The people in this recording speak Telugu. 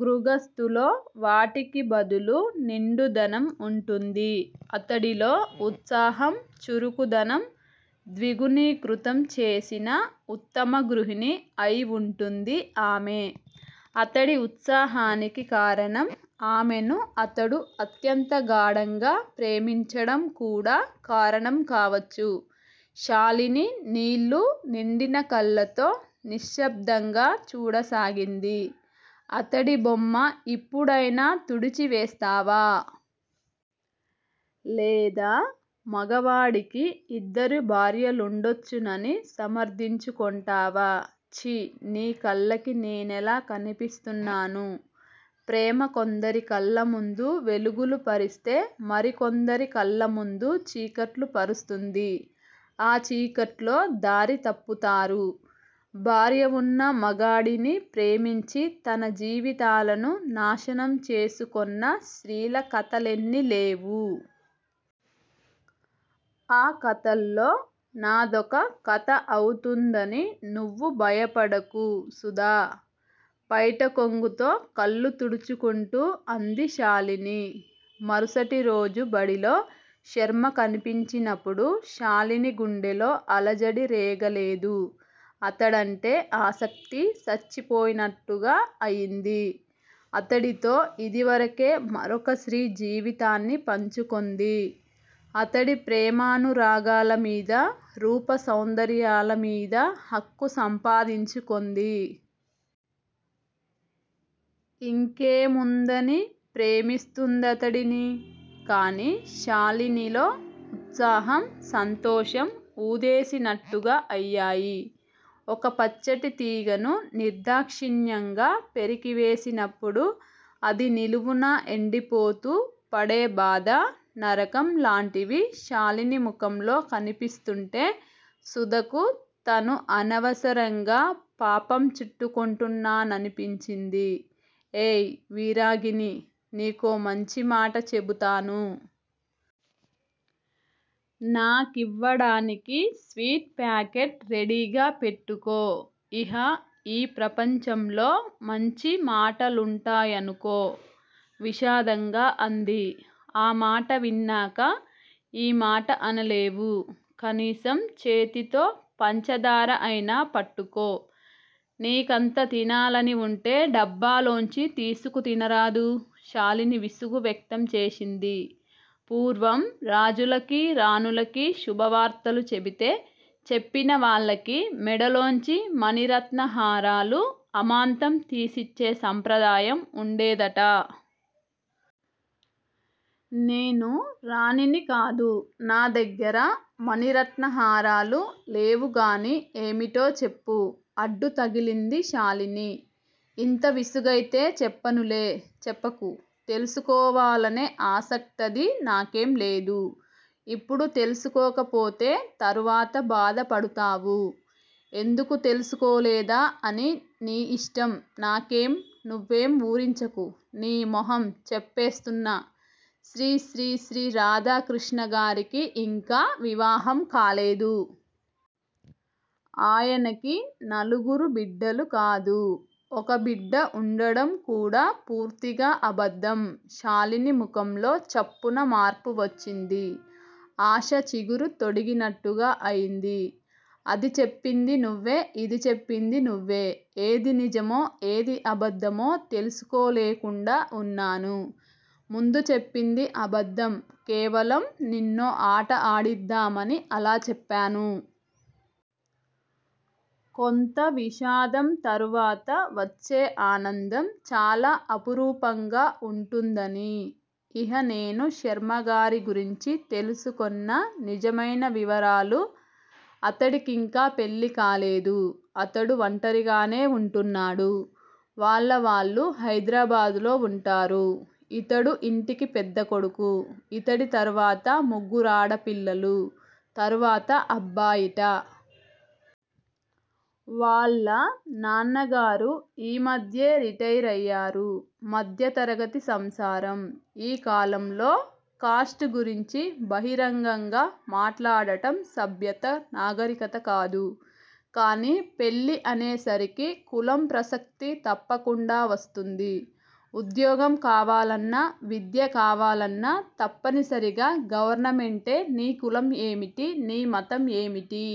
గృగస్తులో వాటికి బదులు నిండుదనం వుంటుంది! అతడిలో ఉత్సాహం, చురుకుదనం ద్విగుణీకృతం చేసిన ఉత్తమ గృహిణి అయి వుంటుంది ఆమె! అతడి ఉత్సాహానికి కారణం ఆమెను అతడు అత్యంతగాఢంగా ప్రేమించడం కూడా కారణం కావచ్చు! శాలిని నీళ్లు నిండిన కళ్లతో నిశ్సబ్దంగా చూడసాగింది. అతడి బొమ్మ ఇప్పుడయినా తుడిచి వేస్తావా? లేదా మగవాడికి యిద్దరు భార్యలుండొచ్చునని సమర్దించుకొంటావా? ఛీ! నీకళ్లకి నేనెలా కనిపిస్తున్నాను? ప్రేమ కొందరి కళ్లముందు వెలుగులు పరిస్తే మరి కొందరి కళ్లముందు చీకట్లు పరుస్తుంది! ఆ చీకట్లో దారి తప్పుతారు. భార్య వున్న మగడిని ప్రేమించి తన జీవితాలను నాశనం చేసుకొన్న స్త్రీల కధలెన్ని లేవు? ఆ కథల్లో నాదొక కథ అవుతుందని నువ్వు భయపడకు, సుధా! పైటకొంగుతో కళ్లు తుడుచుకొంటూ అంది శాలిని. మరుసటిరోజు బడిలో శర్మ కనిపించినప్పుడు శాలిని గుండెలో అలజడి రేగలేదు. అతడంటే ఆసక్తి చచ్చిపోయినట్టుగా అయింది! అతడితో యిదివరకే మరొక స్త్రీ జీవితాన్ని పంచుకొంది! అతడి ప్రేమానురాగాల మీద, రూప సౌందర్యాలమీదా హక్కు సంపాదించుకొంది. ఇంకేముందని ప్రేమిస్తుందతడిని? కాని, శాలినిలో ఉత్సాహం, సంతోషం ఊదేసినట్టుగా అయ్యాయి! ఒక పచ్చటితీగను నిర్దాక్షిణ్యంగా పెరికివేసినప్పుడు అది నిలువునా ఎండిపోతూ పడే బాధా, నరకం లాంటివి శాలిని ముఖంలో కనిపిస్తుంటే, సుధకు తను అనవసరంగా పాపం చుట్టుకొంటున్నా ననిపించింది. ఏయ్! విరాగిణీ! నీకో మంచిమాట చెబుతాను. నాకివ్వడానికి స్వీట్ పాకెట్ రెడీగా పెట్టుకో! ఇహ యీ ప్రపంచంలో మంచి మాటలుంటాయనుకో! విషాదంగా అంది. ఆ మాట విన్నాక ఈమాట అనలేవు! కనీసం చేతితో పంచదార అయినా పట్టుకో! నీకంత తినాలని వుంటే డబ్బాలోంచి తీసుకు తినరాదు? శాలిని విసుగు వ్యక్తం చేసింది. పూర్వం రాజులకి, రాణులకి శుభవార్తలు చెబితే చెప్పిన వాళ్లకి మెడలోంచి మణి, రత్నహారాలు అమాంతం తీసిచ్చే సంప్రదాయం వుండేదట! నేను రాణినికాదు! నా దగ్గర మణిరత్నహారాలు లేవుగాని ఏమిటో చెప్పు! అడ్డుతగిలింది శాలిని. ఇంత విసుగైతే చెప్పనులే! చెప్పకు! తెలుసుకోవాలనే ఆసక్తది నాకేంలేదు! ఇప్పుడు తెలుసుకోకపోతే తరువాత బాధపడతావు! ఎందుకు తెలుసుకోలేదా అని! నీ ఇష్టం! నాకేం! నువ్వేం వూరించకు! నీ మొహం! చెప్పేస్తున్నా! శ్రీశ్రీశ్రీ రాధాకృష్ణగారికి ఇంకా వివాహంకాలేదు. ఆయనకి నలుగురు బిడ్డలుకాదు, ఒక బిడ్డ వుండడంకూడా పూర్తిగా అబద్దం! శాలిని ముఖంలో చప్పున మార్పువచ్చింది. ఆశ చిగురు తొడిగినట్టుగా అయింది. అది చెప్పింది నువ్వే! ఇది చెప్పింది నువ్వే! ఏది నిజమో, ఏది అబద్దమో తెలుసుకోలేకుండా వున్నాను! ముందు చెప్పింది అబద్దం. కేవలం నిన్నో ఆట ఆడిద్దామని అలా చెప్పాను. కొంత విషాదం తరువాత వచ్చే ఆనందం చాలా అపురూపంగా వుంటుందని! ఇహ నేను శర్మగారి గురించి తెలుసుకొన్న నిజమైన వివరాలు, అతడికింకా పెళ్లికాలేదు. అతడు వంటరిగానే వుంటున్నాడు. వాళ్ల వాళ్లు హైదరాబాద్ లో వుంటారు. ఇతడు యింటికి పెద్దకొడుకు! ఇతడి తరువాత ముగ్గురాడపిల్లూ, తరువాత అబ్బాయిట. వాళ్ల నాన్నగారు ఈ మధ్యే రిటైరయ్యారు. మధ్యతరగతి సంసారం! ఈ కాలంలో కాస్ట్ గురించి బహిరంగంగా మాట్లాడడం సభ్యత, నాగరికతకాదు. కాని, పెళ్లి అనేసరికి కులం ప్రసక్తి తప్పకుండా వస్తుంది ఉద్యోగం కావాలన్నా, విద్య కావాలన్నా తప్పనిసరిగా గవర్నమెంటే నీ కులం ఏమిటి? నీ మతం ఏమిటి?